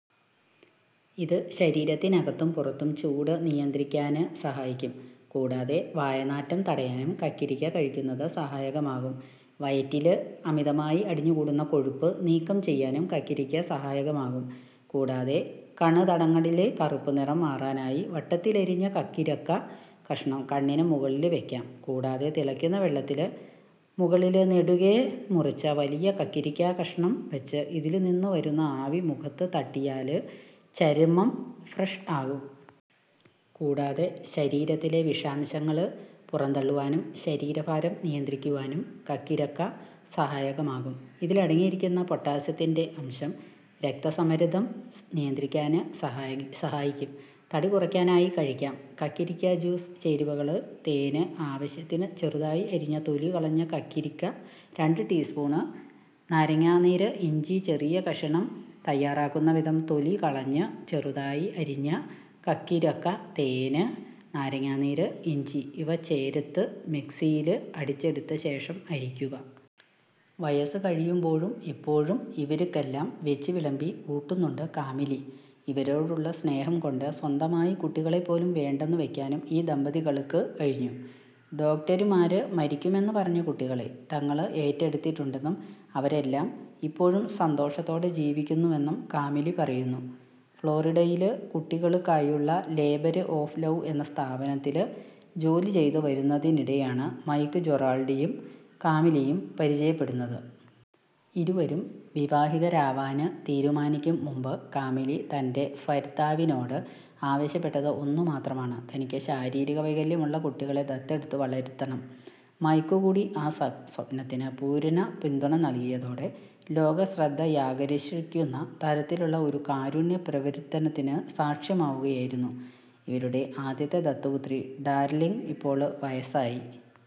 ഇത് ശരീരത്തിനകത്തും പുറത്തും ചൂട് നിയന്ത്രിക്കാന് സഹായിക്കും. കൂടാതെ വായനാറ്റം തടയാനും കക്കിരിക്ക കഴിക്കുന്നത് സഹായകമാകും. വയറ്റില് അമിതമായി അടിഞ്ഞു കൂടുന്ന കൊഴുപ്പ് നീക്കം ചെയ്യാനും കക്കിരിക്ക സഹായകമാകും. കൂടാതെ കണ്തടങ്ങളിലെ കറുപ്പ് നിറം മാറാനായി വട്ടത്തിലരിഞ്ഞ കക്കിരക്ക കഷ്ണം കണ്ണിന് മുകളില് വെക്കാം. കൂടാതെ തിളയ്ക്കുന്ന വെള്ളത്തിന് മുകളില് നെടുകെ മുറിച്ച വലിയ കക്കിരിക്കാ കഷ്ണം വെച്ച് ഇതില് നിന്ന് വരുന്ന ആവി മുഖത്ത് തട്ടിയാല് ചര്മ്മം ഫ്രഷ് ആകും. കൂടാതെ ശരീരത്തിലെ വിഷാംശങ്ങള് പുറന്തളളുവാനും ശരീരഭാരം നിയന്ത്രിക്കുവാനും കക്കിരക്ക സഹായകമാകും. ഇതിലടങ്ങിയിരിക്കുന്ന പൊട്ടാസ്യത്തിന്റെ അംശം രക്തസമ്മര്ദ്ദം നിയന്ത്രിക്കാന് സഹായിക്കും. തടികുറയ്ക്കാനായി കഴിക്കാം കക്കിരിക്ക ജ്യൂസ് ചേരുവകള് തേന് ആവശ്യത്തിന് ചെറുതായി അരിഞ്ഞ തൊലി കളഞ്ഞ കക്കിരിക്ക രണ്ട് ടീസ്പൂണ് നാരങ്ങനീര് ഇഞ്ചി ചെറിയ കഷ്ണം തയ്യാറാക്കുന്ന വിധം തൊലി കളഞ്ഞ് ചെറുതായി അരിഞ്ഞ കക്കിരക്ക, തേന്, നാരങ്ങനീര്, ഇഞ്ചി ഇവ ചേര്ത്ത് മിക്സിയില് അടിച്ചെടുത്ത ശേഷം അരിക്കുക. വയസ് കഴിയുമ്പോഴും ഇപ്പോഴും ഇവര്ക്കെല്ലാം വെച്ചുവിളമ്പി ഊട്ടുന്നുണ്ട് കാമിലി. ഇവരോടുള്ള സ്നേഹം കൊണ്ട് സ്വന്തമായി കുട്ടികളെ പോലും വേണ്ടന്ന് വെക്കാനും ഈ ദമ്പതികള്ക്ക് കഴിഞ്ഞു. ഡോക്ടര്മാര് മരിക്കുമെന്ന് പറഞ്ഞ കുട്ടികളെ തങ്ങള് ഏറ്റെടുത്തിട്ടുണ്ടെന്നും അവരെല്ലാം ഇപ്പോഴും സന്തോഷത്തോടെ ജീവിക്കുന്നുവെന്നും കാമിലി പറയുന്നു. ഫ്ളോറിഡയില് കുട്ടികള്ക്കായുള്ള ലേബര് ഓഫ് ലൗ എന്ന സ്ഥാപനത്തില് ജോലി ചെയ്ത് വരുന്നതിനിടെയാണ് മൈക്ക് ജെറാള്ഡിയും കാമിലിയും പരിചയപ്പെടുന്നത്. ഇരുവരും വിവാഹിതരാവാന് തീരുമാനിക്കും മുമ്പ് കാമിലി തന്റെ ഭര്ത്താവിനോട് ആവശ്യപ്പെട്ടത് ഒന്നുമാത്രമാണ്. തനിക്ക് ശാരീരിക വൈകല്യമുള്ള കുട്ടികളെ ദത്തെടുത്ത് വളര്ത്തണം. മൈക്ക് കൂടി ആ സ്വപ്നത്തിന് പൂര്ണ പിന്തുണ നല്കിയതോടെ ലോക ശ്രദ്ധയാകര്ഷിക്കുന്ന തരത്തിലുള്ള ഒരു കാരുണ്യ പ്രവര്ത്തനത്തിന് സാക്ഷ്യമാവുകയായിരുന്നു. ഇവരുടെ ആദ്യത്തെ ദത്തുപുത്രി ഡാര്ലിന് ഇപ്പോള് വയസായി.